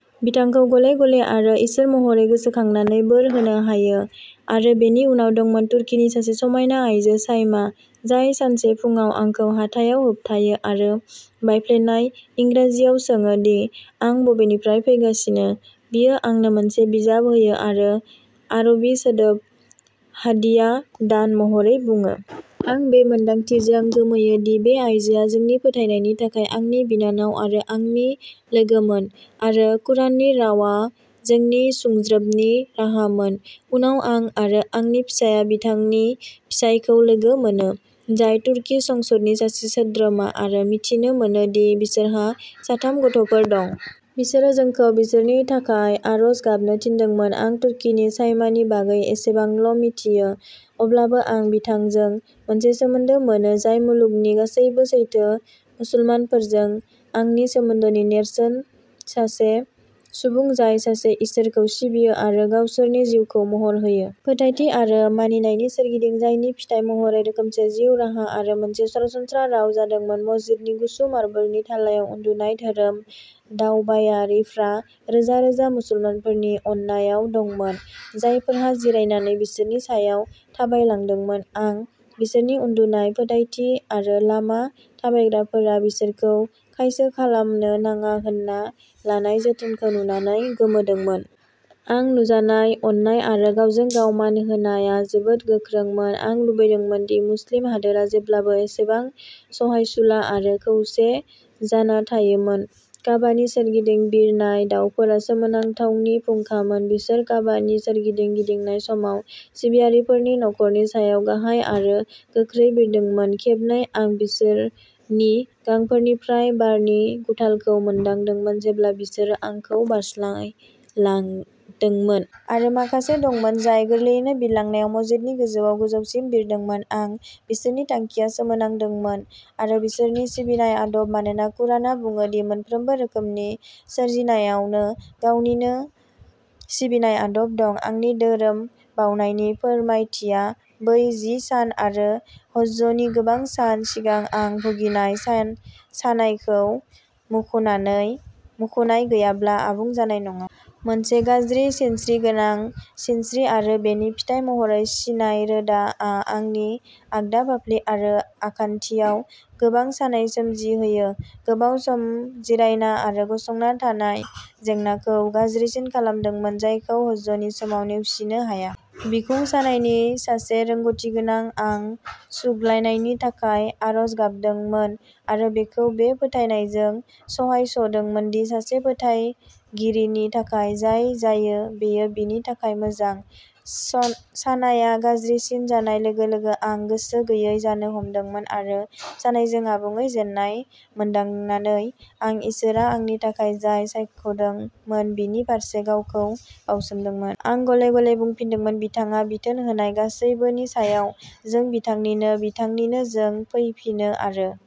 बिथांखौ गले-गले आरो इसोर महरै गोसोखांनानै बोर होनो हायो। आरो बेनि उनाव दंमोन तुर्कीनि सासे समायना आइजो शाइमा, जाय सानसे फुंआव आंखौ हाथाइआव होबथायो आरो बायफ्लेनाय इंराजियाव सोङो दि आं बबेनिफ्राय फैगासिनो। बियो आंनो मोनसे बिजाब होयो आरो आरबि सोदोब हादिया दान महरै बुङो। आं बे मोन्दांथिजों गोमोयो दि बे आइजोआ जोंनि फोथायनायनि थाखाय आंनि बिनानाव आरो आंनि लोगोमोन आरो कुराननि रावा जोंनि सुंज्रोबनि राहामोन। उनाव आं आरो आंनि फिसाया बिथांनि फिसायखौ लोगो मोनो, जाय तुर्की संसदनि सासे सोद्रोमा, आरो मिथिनो मोनो दि बिसोरहा साथाम गथ'फोर दं। बिसोरो जोंखौ बिसोरनि थाखाय आरज गाबनो थिनदोंमोन। आं तुर्कीनि शाइमानि बागै एसेबांल' मिथियो, अब्लाबो आं बिथांजों मोनसे सोमोन्दो मोनो जाय मुलुगनि गासैबो सैथो मुसलमानफोरजों आंनि सोमोन्दोनि नेरसोन-सासे सुबुं जाय सासे इसोरखौ सिबियो आरो गावसोरनि जिउखौ महर होयो। फोथायथि आरो मानिनायनि सोरगिदिं, जायनि फिथाय महरै रोखोमसे जिउ राहा आरो मोनसे सरासनस्रा राव जादोंमोन। मस्जिदनि गुसु मार्बलनि थालायाव उन्दुनाय धोरोम दावबायारिफ्रा रोजा रोजा मुसलमानफोरनि अननायाव दंमोन, जायफोरा जिरायनानै बिसोरनि सायाव थाबायलांदोंमोन। आं बिसोरनि उन्दुनाय फोथायथि आरो लामा थाबायग्राफोरा बिसोरखौ खायसो खालामनो नाङा होनना लानाय जोथोनखौ नुनानै गोमोदोंमोन। आं नुजानाय अननाय आरो गावजों-गाव मान होनाया जोबोद गोख्रोंमोन। आं लुबैदोंमोन दि मुस्लिम हादोरा जेब्लाबो एसेबां सहायसुला आरो खौसे जाना थायोमोन। काबानि सोरगिदिं बिरनाय दावफोरा सोमोनांथावनि फुंखामोन। बिसोर काबाखौ सोरगिदिं गिदिंनाय समाव सिबियारिफोरनि खर'नि सायाव गाहाय आरो गोख्रै बिरदोंमोन; खेबनै आं बिसोरनि गांफोरनिफ्राय बारनि गुथालखौ मोनदांदोंमोन जेब्ला बिसोरो आंखौ बारस्लायदोंमोन। आरो माखासे दंमोन जाय गोरलैयैनो बिरलांनायाव मस्जिदनि गोजौआव गोजौसिम बिरदोंमोन। आं बिसोरनि थांखिया सोमोनांदोंमोन आरो बिसोरनि सिबिनाय आदब, मानोना कुरानआ बुङो दि मोनफ्रोमबो रोखोमनि सोरजिनायावनो गावनिनो सिबिनाय आदब दं। आंनि धोरोम दावबायनायनि फोरमायथिया बै जि सान आरो हज्जनि गोबां सान सिगां आं भुगिनाय सानायखौ मुंख'नाय गैयाब्ला आबुं जानाय नङा। मोनसे गाज्रि सिनस्रि गोनां सिनस्रि आरो बेनि फिथाय महरै सिननाय रोदाआ आंनि आगदा फाफ्लि आरो आखान्थियाव गोबां सानाय सोमजिहोयो। गोबाव सम जिरायना आरो गसंना थानाया जेंनाखौ गाज्रिसिन खालामदोंमोन, जायखौ हज्जनि समाव नेवसिनो हाया। बिखुं सानायनि सासे रोंग'थिगोनां, आं सुग्लायनायनि थाखाय आरज गाबदोंमोन आरो बेखौ बे फोथायनायजों सहायस'दोंमोन दि सासे फोथायगिरिनि थाखाय जाय जायो बेयो बिनि थाखाय मोजां। सन सानायआ गाज्रिसिन जानाय लोगो-लोगो, आं गोसो गैयै जानो हमदोंमोन आरो सानायजों आबुङै जेननाय मोनदांनानै, आं इसोरआ आंनि थाखाय जाय सायख'दोंमोन बिनि फारसे गावखौ बाउसोमदोंमोन। आं गले-गले बुंफिनदोंमोन, बिथाङा बिथोन होनाय गासैबोनि सायाव। जों बिथांनिनो, बिथांनिनो जों फैफिनो, आरो